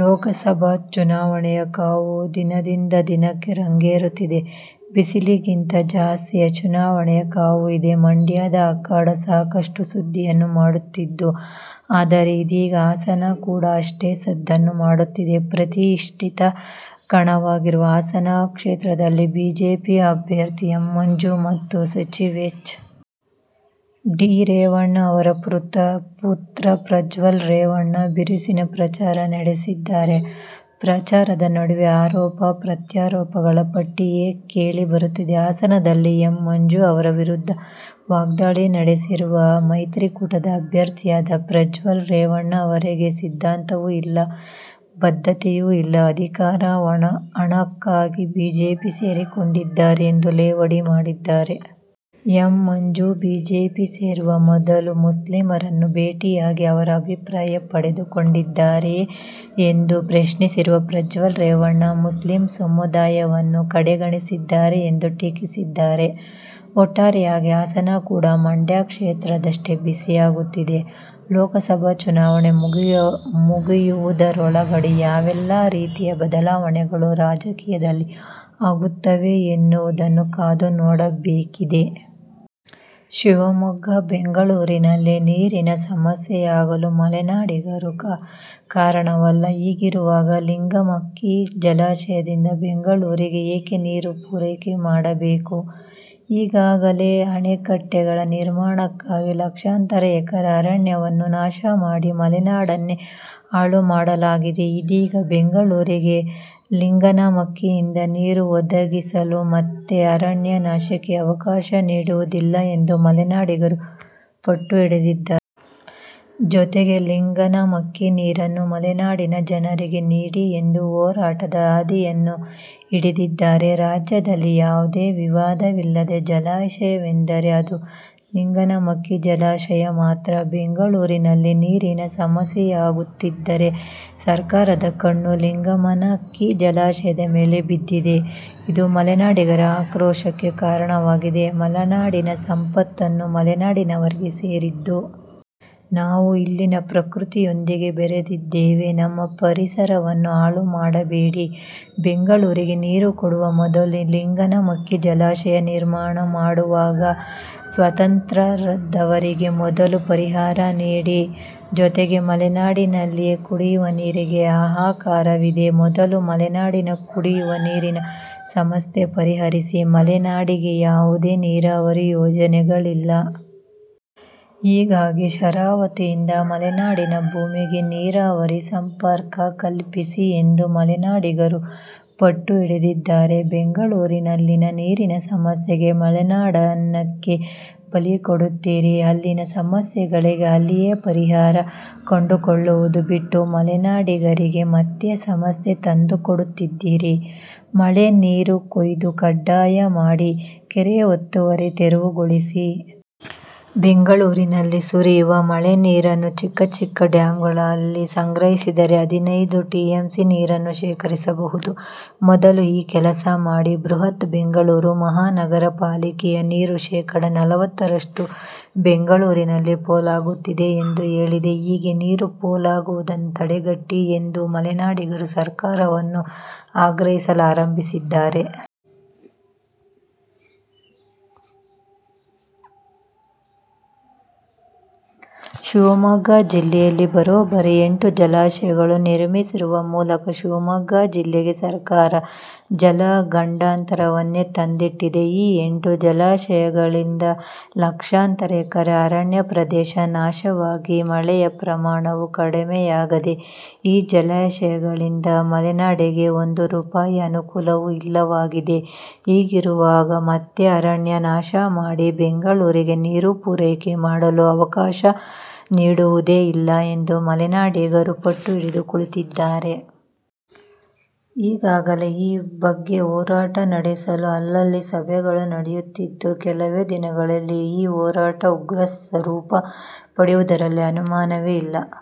ಲೋಕ ಸಭಾ ಚುನಾವಣೆಯ ಕಾವು ದಿನದಿಂದ ದಿನಕ್ಕೆ ರಂಗೇರುತ್ತಿದೆ.. ಬಿಸಿಲಿಗಿಂತ ಜಾಸ್ತಿಯೇ ಚುನಾವಣೆಯ ಕಾವು ಇದೆ. ಮಂಡ್ಯ ಅಖಾಡ ಸಾಕಷ್ಟು ಸುದ್ದಿಯನ್ನು ಮಾಡಿತ್ತು. ಆದರೆ ಇದೀಗ ಹಾಸನ ಕೂಡ ಅಷ್ಟೆ ಸದ್ದನ್ನು ಮಾಡುತ್ತಿದೆ. ಪ್ರತಿಷ್ಠಿತ ಕಣವಾಗಿರುವ ಹಾಸನ ಕ್ಷೇತ್ರದಲ್ಲಿ ಬಿಜೆಪಿ ಅಭ್ಯರ್ಥಿ ಎ. ಮಂಜು ಮತ್ತು ಸಚಿವ ಹೆಚ್. ಡಿ. ರೇವಣ್ಣ ಅವರ ಪುತ್ರ ಪ್ರಜ್ವಲ್ ರೇವಣ್ಣ ಬಿರುಸಿನ ಪ್ರಚಾರ ನಡೆಸಿದ್ದಾರೆ. ಪ್ರಚಾರದ ನಡುವೆ ಆರೋಪ ಪ್ರತ್ಯಾರೋಪಗಳ ಪಟ್ಟಿಯೇ ಕೇಳಿ ಬರುತ್ತಿದೆ. ಹಾಸನದಲ್ಲಿ ಎ. ಮಂಜು ಅವರ ವಿರುದ್ಧ ವಾಗ್ದಾಳಿ ನಡೆಸಿರುವ ಮೈತ್ರಿಕೂಟದ ಅಭ್ಯರ್ಥಿಯಾದ ಪ್ರಜ್ವಲ್ ರೇವಣ್ಣ ಅವರಿಗೆ ಸಿದ್ಧಾಂತವೂ ಇಲ್ಲ, ಬದ್ಧತೆಯೂ ಇಲ್ಲ. ಅಧಿಕಾರ, ಹಣಕ್ಕಾಗಿ ಬಿಜೆಪಿ ಸೇರಿಕೊಂಡಿದ್ದಾರೆ ಎಂದು ಲೇವಡಿ ಮಾಡಿದ್ದಾರೆ. ಎ. ಮಂಜು ಬಿಜೆಪಿ ಸೇರುವ ಮೊದಲು ಮುಸ್ಲಿಮರನ್ನು ಭೇಟಿಯಾಗಿ ಅವರ ಅಭಿಪ್ರಾಯ ಪಡೆದುಕೊಂಡಿದ್ದಾರೆಯೇ ಎಂದು ಪ್ರಶ್ನಿಸಿರುವ ಪ್ರಜ್ವಲ್ ರೇವಣ್ಣ, ಮುಸ್ಲಿಂ ಸಮುದಾಯವನ್ನು ಕಡೆಗಣಿಸಿದ್ದಾರೆ ಎಂದು ಟೀಕಿಸಿದ್ದಾರೆ. ಒಟ್ಟಾರೆಯಾಗಿ ಹಾಸನ ಕೂಡ ಮಂಡ್ಯ ಕ್ಷೇತ್ರದಷ್ಟೆ ಬಿಸಿಯಾಗುತ್ತಿದೆ. ಲೋಕಸಭಾ ಚುನಾವಣೆ ಮುಗಿಯುವುದರೊಳಗೆ ಯಾವೆಲ್ಲಾ ರೀತಿಯ ಬದಲಾವಣೆಗಳು ರಾಜಕೀಯದಲ್ಲಿ ಆಗುತ್ತವೆ ಎನ್ನುವುದನ್ನು ಕಾದುನೋಡಬೇಕಿದೆ. ಶಿವಮೊಗ್ಗ: ಬೆಂಗಳೂರಿನಲ್ಲಿ ನೀರಿನ ಸಮಸ್ಯೆಯಾಗಲು ಮಲೆನಾಡಿಗರು ಕಾರಣವಲ್ಲ. ಹೀಗಿರುವಾಗ ಲಿಂಗನಮಕ್ಕಿ ಜಲಾಶಯದಿಂದ ಬೆಂಗಳೂರಿಗೆ ಏಕೆ ನೀರು ಪೂರೈಕೆ ಮಾಡಬೇಕು. ಈಗಾಗಲೇ ಅಣೆಕಟ್ಟೆಗಳ ನಿರ್ಮಾಣಕ್ಕಾಗಿ ಲಕ್ಷಾಂತರ ಎಕರೆ ಅರಣ್ಯವನ್ನು ನಾಶ ಮಾಡಿ ಮಲೆನಾಡನ್ನೇ ಹಾಳು ಮಾಡಲಾಗಿದೆ. ಇದೀಗ ಬೆಂಗಳೂರಿಗೆ ಲಿಂಗನಮಕ್ಕಿಯಿಂದ ನೀರು ಒದಗಿಸಲು ಮತ್ತೆ ಅರಣ್ಯ ನಾಶಕ್ಕೆ ಅವಕಾಶ ನೀಡುವುದಿಲ್ಲ ಎಂದು ಮಲೆನಾಡಿಗರು ಪಟ್ಟು ಹಿಡಿದಿದ್ದಾರೆ. ಜೊತೆಗೆ ಲಿಂಗನಮಕ್ಕಿ ನೀರನ್ನು ಮಲೆನಾಡಿನ ಜನರಿಗೇ ನೀಡಿ ಎಂದು ಹೋರಾಟದ ಹಾದಿಯನ್ನೂ ಹಿಡಿದಿದ್ದಾರೆ. ರಾಜ್ಯದಲ್ಲಿ ಯಾವುದೇ ವಿವಾದವಿಲ್ಲದ ಜಲಾಶಯವೆಂದರೆ ಅದು ಲಿಂಗನಮಕ್ಕಿ ಜಲಾಶಯ ಮಾತ್ರ. ಬೆಂಗಳೂರಿನಲ್ಲಿ ನೀರಿನ ಸಮಸ್ಯೆಯಾಗುತ್ತಿದ್ದಂತೆ ಸರ್ಕಾರದ ಕಣ್ಣು ಲಿಂಗನಮಕ್ಕಿ ಜಲಾಶಯದ ಮೇಲೆ ಬಿದ್ದಿದೆ. ಇದು ಮಲೆನಾಡಿಗರ ಆಕ್ರೋಶಕ್ಕೆ ಕಾರಣವಾಗಿದೆ. ಮಲೆನಾಡಿನ ಸಂಪತ್ತು ಮಲೆನಾಡಿನವರಿಗೆ ಸೇರಿದ್ದು. ನಾವು ಇಲ್ಲಿನ ಪ್ರಕೃತಿಯೊಂದಿಗೆ ಬೆರೆತಿದ್ದೇವೆ. ನಮ್ಮ ಪರಿಸರವನ್ನು ಹಾಳು ಮಾಡಬೇಡಿ. ಬೆಂಗಳೂರಿಗೆ ನೀರು ಕೊಡುವ ಮೊದಲು ಲಿಂಗನಮಕ್ಕಿ ಜಲಾಶಯ ನಿರ್ಮಾಣ ಮಾಡುವಾಗ ಸಂತ್ರಸ್ಥರಾದವರಿಗೆ ಮೊದಲು ಪರಿಹಾರ ನೀಡಿ. ಜೊತೆಗೆ ಮಲೆನಾಡಿನಲ್ಲೇ ಕುಡಿಯುವ ನೀರಿಗೆ ಹಾಹಾಕಾರವಿದೆ. ಮೊದಲು ಮಲೆನಾಡಿನ ಕುಡಿಯುವ ನೀರಿನ ಸಮಸ್ಯೆ ಪರಿಹರಿಸಿ. ಮಲೆನಾಡಿಗೆ ಯಾವುದೇ ನೀರಾವರಿ ಯೋಜನೆಗಳಿಲ್ಲ. ಹೀಗಾಗಿ ಶರಾವತಿಯಿಂದ ಮಲೆನಾಡಿನ ಭೂಮಿಗೆ ನೀರಾವರಿ ಸಂಪರ್ಕ ಕಲ್ಪಿಸಿ ಎಂದು ಮಲೆನಾಡಿಗರು ಪಟ್ಟು ಹಿಡಿದಿದ್ದಾರೆ. ಬೆಂಗಳೂರಿನಲ್ಲಿನ ನೀರಿನ ಸಮಸ್ಯೆಗೆ ಮಲೆನಾಡನ್ನೇಕೆ ಬಲಿಕೊಡುತ್ತೀರಿ. ಅಲ್ಲಿನ ಸಮಸ್ಯೆಗೆ ಅಲ್ಲಿಯೇ ಪರಿಹಾರ ಕಂಡುಕೊಳ್ಳುವುದನ್ನು ಬಿಟ್ಟು ಮಲೆನಾಡಿಗೇಕೆ ಮತ್ತೆ ಸಮಸ್ಯೆ ತಂದೊಡ್ಡುತ್ತಿದ್ದೀರಿ. ಮಳೆ ನೀರುಕೊಯ್ಲು ಕಡ್ಡಾಯ ಮಾಡಿ. ಕೆರೆ ಒತ್ತುವರಿ ತೆರವುಗೊಳಿಸಿ. ಬೆಂಗಳೂರಿನಲ್ಲಿ ಸುರಿಯುವ ಮಳೆ ನೀರನ್ನು ಚಿಕ್ಕ ಚಿಕ್ಕ ಡ್ಯಾಂಗಳಲ್ಲಿ ಸಂಗ್ರಹಿಸಿದರೆ ಹದಿನೈದು ಟಿಎಂಸಿ ನೀರನ್ನು ಶೇಖರಿಸಬಹುದು. ಮೊದಲು ಈ ಕೆಲಸ ಮಾಡಿ. ಬೃಹತ್ ಬೆಂಗಳೂರು ಮಹಾನಗರ ಪಾಲಿಕೆಯೇ ನೀರು ಶೇಕಡಾ ನಲವತ್ತರಷ್ಟು ಬೆಂಗಳೂರಿನಲ್ಲಿ ಪೋಲಾಗುತ್ತಿದೆ ಎಂದು ಹೇಳಿದೆ. ಹೀಗೆ ನೀರು ಪೋಲಾಗುವುದನ್ನು ತಡೆಗಟ್ಟಿ ಎಂದು ಮಲೆನಾಡಿಗರು ಸರ್ಕಾರವನ್ನು ಆಗ್ರಹಿಸಲಾರಂಭಿಸಿದ್ದಾರೆ. ಶಿವಮೊಗ್ಗ ಜಿಲ್ಲೆಯಲ್ಲಿ ಬರೋಬ್ಬರಿ ಎಂಟು ಜಲಾಶಯಗಳನ್ನು ನಿರ್ಮಿಸುವ ಮೂಲಕ ಶಿವಮೊಗ್ಗ ಜಿಲ್ಲೆಗೆ ಸರ್ಕಾರ ಜಲ ಗಂಡಾಂತರವನ್ನೇ ತಂದಿಟ್ಟಿದೆ. ಈ ಎಂಟು ಜಲಾಶಯಗಳಿಂದ ಲಕ್ಷಾಂತರ ಎಕರೆ ಅರಣ್ಯ ಪ್ರದೇಶ ನಾಶವಾಗಿ ಮಳೆಯ ಪ್ರಮಾಣವೂ ಕಡಿಮೆಯಾಗಿದೆ. ಈ ಜಲಾಶಯಗಳಿಂದ ಮಲೆನಾಡಿಗೆ ಒಂದು ರೂಪಾಯಿ ಅನುಕೂಲವೂ ಇಲ್ಲವಾಗಿದೆ. ಹೀಗಿರುವಾಗ ಮತ್ತೆ ಅರಣ್ಯ ನಾಶ ಮಾಡಿ ಬೆಂಗಳೂರಿಗೆ ನೀರು ಪೂರೈಕೆ ಮಾಡಲು ಅವಕಾಶ ನೀಡುವುದೇ ಇಲ್ಲ ಎಂದು ಮಲೆನಾಡಿಗರು ಪಟ್ಟು ಹಿಡಿದು ಕುಳಿತಿದ್ದಾರೆ. ಈಗಾಗಲೇ ಈ ಬಗ್ಗೆ ಹೋರಾಟ ನಡೆಸಲು ಅಲ್ಲಲ್ಲಿ ಸಭೆಗಳೂ ನಡೆಯಿತ್ತಿದ್ದು. ಕೆಲವೇ ದಿನಗಳಲ್ಲಿ ಈ ಹೋರಾಟ ಉಗ್ರ ಸ್ವರೂಪ ಪಡೆಯುವುದರಲ್ಲಿ ಅನುಮಾನವೇ ಇಲ್ಲ.